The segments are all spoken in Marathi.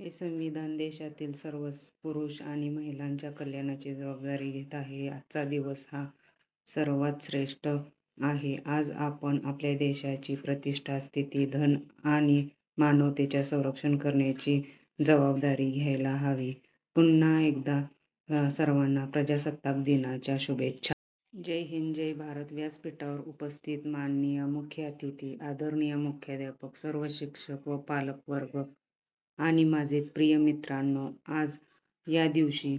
हे संविधान देशातील सर्व पुरुष आणि महिलांच्या कल्याणाची जवाबदारी घेत आहे. आजचा हा दिवस सर्वात श्रेष्ठ आहे, आज आपण आपल्या देशाची प्रतिष्ठा, स्थिति, धन आणि मानवतेच्या संरक्षण करण्याची जवाबदारी घ्यायला हवी. पुनः एकदा सर्वाना प्रजासत्ताक दिनाच्या शुभेच्छा. जय हिन्द जय भारत. व्यासपीठावर उपस्थित माननीय मुख्य अतिथी, आदरणीय मुख्याध्यापक, सर्व शिक्षक व पालक वर्ग आणि माझे प्रिय मित्रांनो. या दिवशी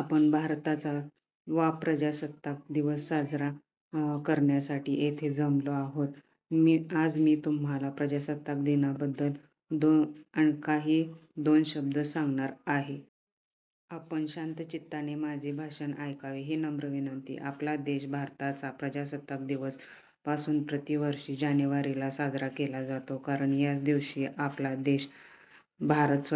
आपण भारतचा वा प्रजासत्ताक दिवस साजरा करण्यासाठी येथे जमलो आहोत. आज मी तुम्हाला प्रजासत्ताक दिनाबद्दल काही दोन शब्द सांगणार आहे. आपण शांतचित्ताने माझे भाषण एकावे ही नम्र विनंती. आपला देश भारताचा प्रजासत्ताक दिवस पासून प्रति वर्ष जानेवारी ला साजरा केला जातो. कारण याच दिवशी आपला देश भारत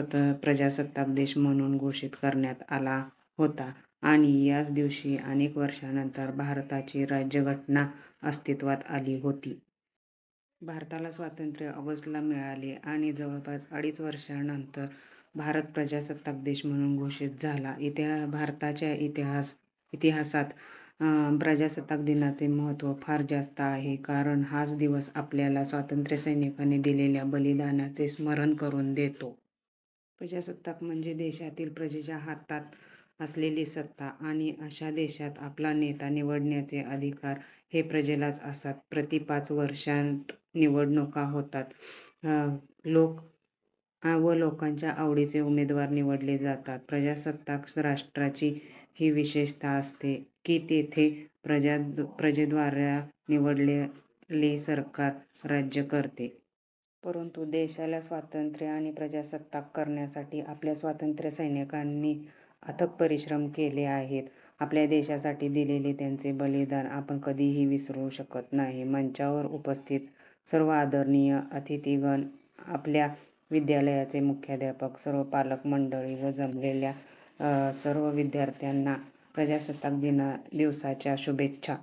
प्रजासत्ताक देश म्हणून घोषित करण्यात आला होता आणि याच दिवशी अनेक वर्षानंतर भारताची राज्यघटना अस्तित्वात आली होती. भारताला स्वातंत्र्य ऑगस्ट ला मिळाले आणि जवळपास अडीच वर्षानंतर भारत प्रजासत्ताक देश म्हणून घोषित झाला. भारताच्या इतिहासात प्रजासत्ताक दिनाचे महत्व फार जास्त आहे कारण हाच दिवस आपल्याला स्वातंत्र्यसैनिकांनी दिलेल्या बलिदानाचे स्मरण करून देतो. प्रजासत्ताक म्हणजे देशातील प्रजेच्या हातात असलेली सत्ता आणि अश्या देशात आपला नेता निवडण्याचे अधिकार हे प्रजेलाच असतात. प्रति पाच वर्षात निवडणुका होतात व लोकांच्या आवडीचे उमेदवार निवडले जातात. प्रजासत्ताक राष्ट्राची ही विशेषता असते की तेथे प्रजेद्वारा निवडलेले सरकार राज्य करते. परंतु देशाला स्वातंत्र्य आणि प्रजासत्ताक करण्यासाठी आपल्या स्वातंत्र्यसैनिकांनी अथक परिश्रम केलेले आहेत. आपल्या देशासाठी दिलेले त्यांचे बलिदान आपण कधीही विसरू शकत नाही. मंचावर उपस्थित सर्व आदरणीय अतिथिगण, आपल्या विद्यालयाचे मुख्यध्यापक, सर्व पालक मंडळी व जमलेल्या सर्व विद्ययार्थयाना प्रजासत्ताक दिवसाच्या शुभेच्छा.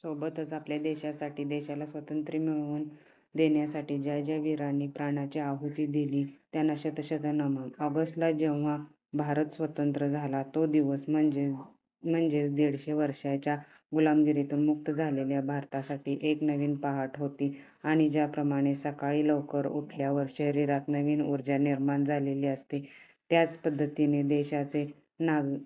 सोबतच आपल्या देशासाठी, देशाला स्वतंत्र मिळवून देण्यासाठी ज्या ज्या वीरांनी प्राणांची आहुति दिली त्यांना शत शत नमन. ऑगस्ट ला जेव्हा भारत स्वतंत्र झाला, तो दिवस म्हणजेच दीडशे वर्षाच्या गुलामगिरीतून मुक्त झालेल्या भारतासाठी एक नवीन पहाट होती आणि ज्याप्रमाणे सकाळी लवकर उठल्यावर शरीरात नवीन ऊर्जा निर्माण झालेली असते त्याच पद्धतीने देशाचे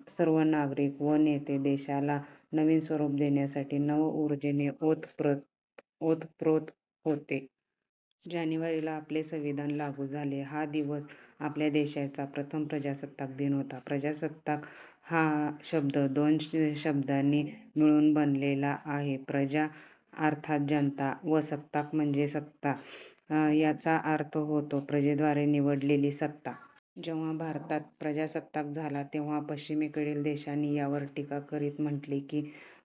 सर्व नागरिक व नेते देशाला नवीन स्वरूप देण्यासाठी नव उर्जेने ओतप्रोत होते. जानेवारी ला आपले संविधान लागू झाले, हा दिवस आपल्या देशाचा प्रथम प्रजासत्ताक दिन होता. 'प्रजासत्ताक' हा शब्द दोन शब्दांनी मिळून बनलेला आहे. 'प्रजा' अर्थात जनता व 'सत्ताक' म्हणजे सत्ता. याचा अर्थ होतो प्रजेद्वारे निवडलेली सत्ता. जेव्हा भारत प्रजासत्ताक झाला तेव्हा पश्चिमेकडील देशांनी यावर टीका करीत म्हटले की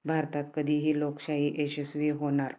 भारतात कधीही "लोकशाही" यशस्वी होणार